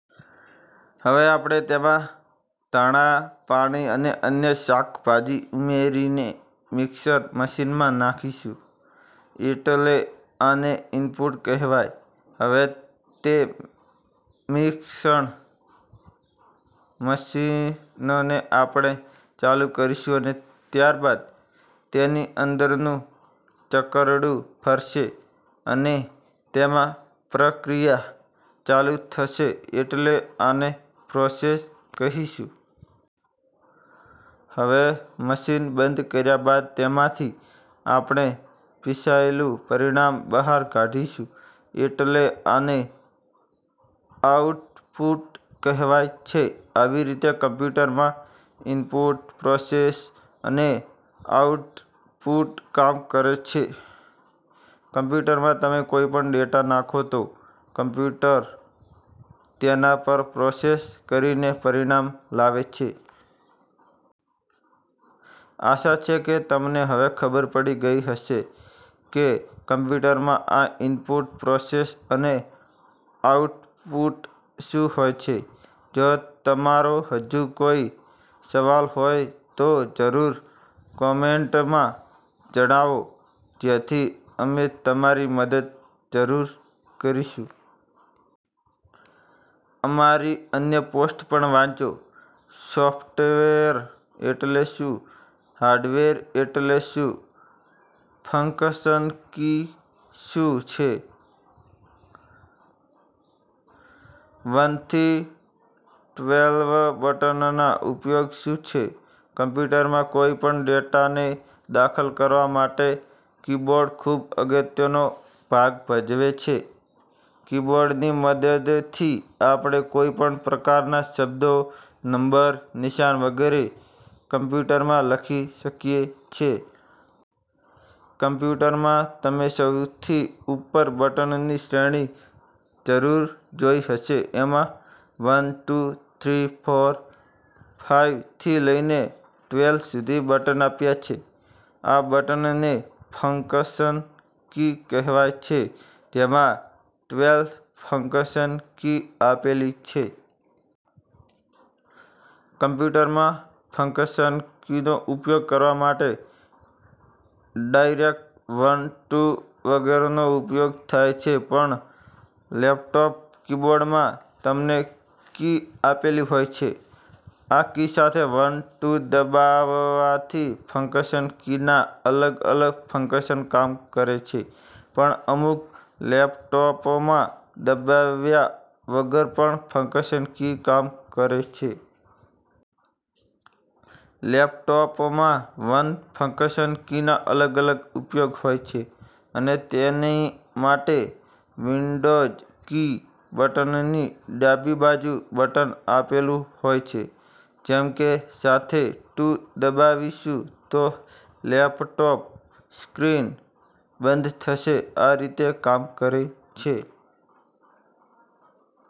હવે આપણે તેમાં ધાણા, પાણી અને અન્ય શાકભાજી ઉમેરીને મિક્ષર મશીનમાં નાખીશું એટલે આને ઈનપુટ કહેવાય. હવે તે મિક્ષણ મશીનને આપણે ચાલુ કરીશું અને ત્યાર બાદ તેની અંદરનું ચકરડું ફરશે અને તેમાં પ્રક્રિયા ચાલુ થશે એટલે આને પ્રોસેસ કહીશું. હવે મશીન બંધ કર્યા બાદ તેમાંથી આપણે પિસાયેલું પરિણામ બહાર કાઢીશું એટલે આને આઉટપુટ કહેવાય છે. આવી રીતે કમ્પ્યુટરમાં ઈનપુટ, પ્રોસેસ અને આઉટપુટ કામ કરે છે. કમ્પ્યુટરમાં તમે કોઈ પણ ડેટા નાખો તો કમ્પ્યુટર તેના પર પ્રોસેસ કરીને પરિણામ લાવે છે. આશા છે કે તમને હવે ખબર પડી ગઈ હશે કે કમ્પ્યુટરમાં આ ઈનપુટ, પ્રોસેસ અને આઉટપુટ શું હોય છે. જો તમારો હજુ કોઈ સવાલ હોય તો જરૂર કોમેન્ટમાં જણાવો જેથી અમે તમારી મદદ જરૂર કરીશું. અમારી અન્ય પોસ્ટ પણ વાંચો- સોફ્ટવેર એટલે શું? હાર્ડવેર એટલે શું? ફંક્શન કી શું છે? વન થી ટ્વેલ્વ બટનના ઉપયોગ શું છે? કમ્પ્યુટરમાં કોઈ પણ ડેટાને દાખલ કરવા માટે કીબોર્ડ ખૂબ અગત્યનો ભાગ ભજવે છે, કીબોર્ડની મદદથી આપણે કોઈ પણ પ્રકારના શબ્દો, નંબર, નિશાન વગેરે કમ્પ્યુટરમાં લખી શકીએ છે. કમ્પ્યુટરમાં તમે સૌથી ઉપર બટનની શ્રેણી જરૂર જોઈ હશે એમાં one, two, three, four, five થી લઈને ટ્વેલ્વ સુધી બટન આપ્યા છે, આ બટનને ફંક્શન કી કહેવાય છે, જેમાં ટ્વેલ્વ ફંક્શન કી આપેલી છે. કમ્પ્યુટરમાં ફંક્શન કીનો ઉપયોગ કરવા માટે ડાઇરેક્ટ વન, ટુ વગેરેનો ઉપયોગ થાય છે પણ લેપટોપ કીબોર્ડમાં તમને કી આપેલી હોય છે. આ કી સાથે વન, ટુ દબાવવાથી ફંક્શન કીના અલગ-અલગ ફંક્શન કામ કરે છે, પણ અમુક લેપટોપમાં દબાવ્યા વગર પણ ફંક્શન કી કામ કરે છે. લેપટોપમાં વન ફંક્શન કીના અલગ-અલગ ઉપયોગ હોય છે અને તેની માટે વિન્ડોઝ કી બટનની ડાબી બાજુ બટન આપેલું હોય છે, જેમ કે સાથે ટુ દબાવીશું તો લેપટોપ સ્ક્રીન બંધ થશે, આ રીતે કામ કરે છે.